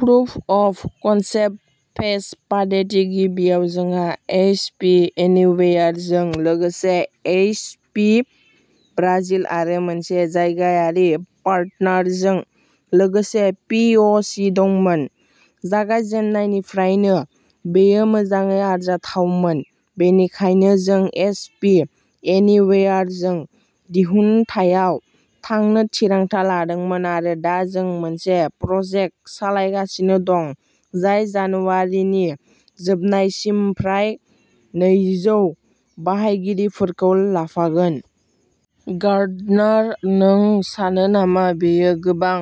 Proof of concept phase पाडेटि गिबियाव जोंहा एइच पि एनिवेयारजों लोगोसे एइच पि ब्राजिल आरो मोनसे जायगायारि पार्टनारजों लोगोसे पि अ सि दंमोन। जागायजेन्नायनिफ्रायनो बेयो मोजाङै आरजाथावमोन बेनिखायनो जों एच पि एनिवेयारजों दिहुनथायाव थांनो थिरांथा लादोंमोन आरो दा जों मोनसे प्रजेक्ट सालायगासिनो दं जाय जानुवारिनि जोबनायसिम फ्राय नैजौ बाहायगिरिफोरखौ लाफागोन। गार्डनार नों सानो नामा बेयो गोबां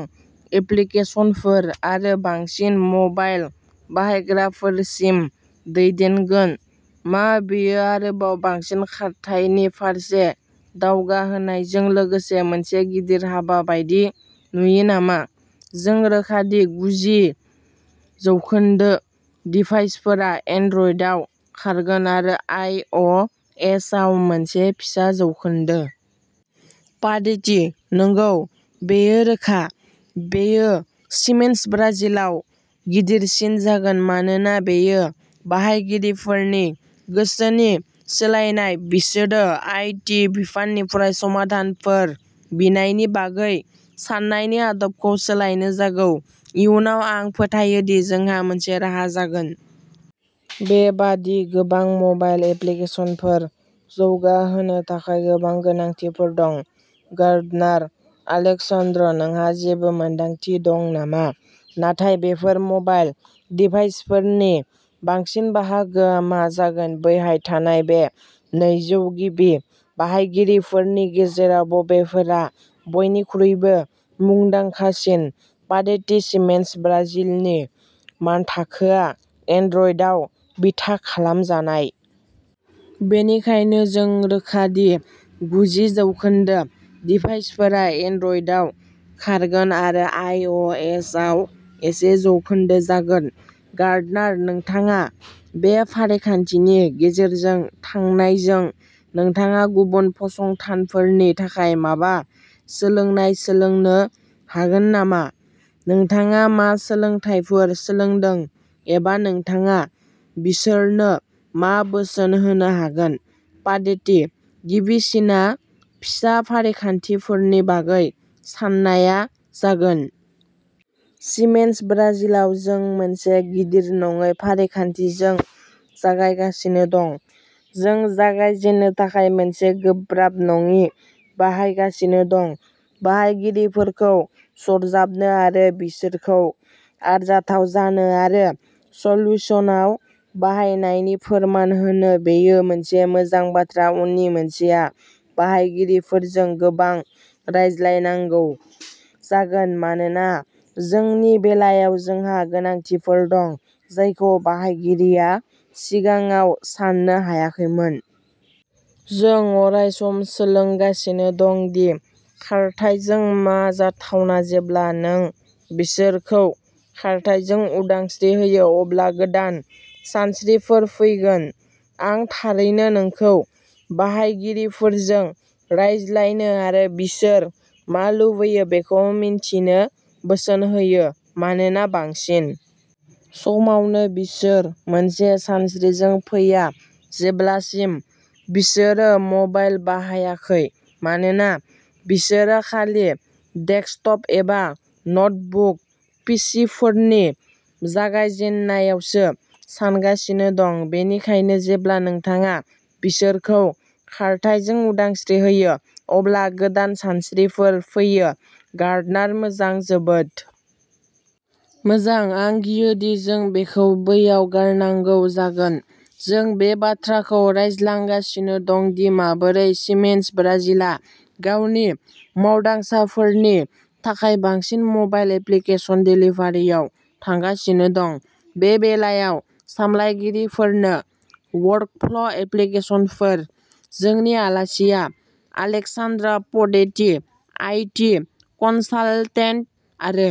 एप्लिकेशनफोर आरो बांसिन म'बाइल बाहायग्राफोरसिम दैदेनगोन मा बेयो आरोबाव बांसिन खारथाइनि फारसे दावगाहोनायजों लोगोसे मोनसे गिदिर हाबा बायदि नुयो नामा जों रोखा दि गुजि जौखोन्दो डिभाइसफोरा एन्ड्रइडआव खारगोन आरो आइ अ एस आव मोनसे फिसा जौखोन्दो। पाडेटि नोंगौ बेयो रोखा। बेयो सिमेन्स ब्राजिलाव गिदिरसिन जागोन मानोना बेयो बाहायगिरिफोरनि गोसोनि सोलायनाय बिसोरो आइ टि बिफाननिफ्राय समाधानफोर बिनायनि बागै सान्नायनि आदबखौ सोलायनो जागौ। इयुनाव आं फोथायो दि जोंहा मोनसे राहा जागोन। बेबादि गोबां मबाइल एप्लिकेसनफोर जौगाहोनो थाखाय गोबां गोनांथिफोर दं गार्डनार आलेक्सान्द्र नोंहा जेबो मोनदांथि दं नामा नाथाय बेफोर मबाइल डिभाइसफोरनि बांसिन बाहागोआ मा जागोन बैहाय थानाय बे नैजौ गिबि बाहायगिरिफोरनि गेजेराव बबेफोरा बयनिख्रुइबो मुंदांखासिन पाडेति सिमेन्स ब्राजिलनि मानथाखोआ एन्ड्रइडआव बिथा खालामजानाय। बेनिखायनो जों रोखा दि गुजि जौखोन्दो डिभाइसफोरा एन्ड्रइडआव खारगोन आरो आइ अ एस आव एसे जौखोन्दो जागोन। गार्डनार नोंथाङा बे फारिखान्थिनि गेजेरजों थांनायजों नोंथाङा गुबुन फसंथानफोरनि थाखाय माबा सोलोंनाय सोलोंनो हागोन नामा नोंथाङा मा सोलोंथायफोर सोलोंदों एबा नोंथाङा बिसोरनो मा बोसोन होनो हागोन पाडेटि गिबिसिनआ फिसा फारिखान्थिफोरनि बागै साननाया जागोन। सिमेन्स ब्राजिलाव जों मोनसे गिदिर नङै फारिखान्थिजों जागायगासिनो दं। जों जागायजेननो थाखाय मोनसे गोब्राब नङि बाहायगासिनो दं बाहायगिरिफोरखौ सरजाबनो आरो बिसोरखौ आरजाथाव जानो आरो सोल्युशनाव बाहायनायनि फोरमान होनो बेयो मोनसे मोजां बाथ्रा उननि मोनसेआ बाहायगिरिफोरजों गोबां रायज्लायनांगौ जागोन मानोना जोंनि बेलायाव जोंहा गोनांथिफोर दं जायखौ बाहायगिरिया सिगाङाव साननो हायाखैमोन। जों अरायसम सोलोंगासिनो दं दि खारथाइजों मा जाथावना जेब्ला नों बिसोरखौ खारथाइजों उदांस्रि होयो अब्ला गोदान सानस्रिफोर फैगोन आं थारैनो नोंखौ बाहायगिरिफोरजों रायज्लायनो आरो बिसोर मा लुबैयो बेखौ मिन्थिनो बोसोन होयो मानोना बांसिन समावनो बिसोर मोनसे सानस्रिजों फैया जेब्लासिम बिसोरो मबाइल बाहायाखै मानोना बिसोरो खालि डेस्कटप एबा नोटबुक पिसिफोरनि जागायजेननायावसो सानगासिनो दं बेनिखायनो जेब्ला नोंथाङा बिसोरखौ खारथाइजों उदांस्रि होयो अब्ला गोदान सानस्रिफोर फैयो गार्डनार मोजां जोबोद मोजां आं गियोदि जों बेखौ बैयाव गारनांगौ जागोन जों बे बाथ्राखौ रायज्लांगासिनो दं दि माबोरै सिमेन्स ब्राजिलआ गावनि मावदांसाफोरनि थाखाय बांसिन मबाइल एप्लिकेसन देलिभारिआव थांगासिनो दं बे बेलायाव सामलायगिरिफोरनो वर्कफ्ल'एप्लिकेसनफोर जोंनि आलासिआ आलेक्सान्द्र पडेति आईटी कनसालटेन्ट आरो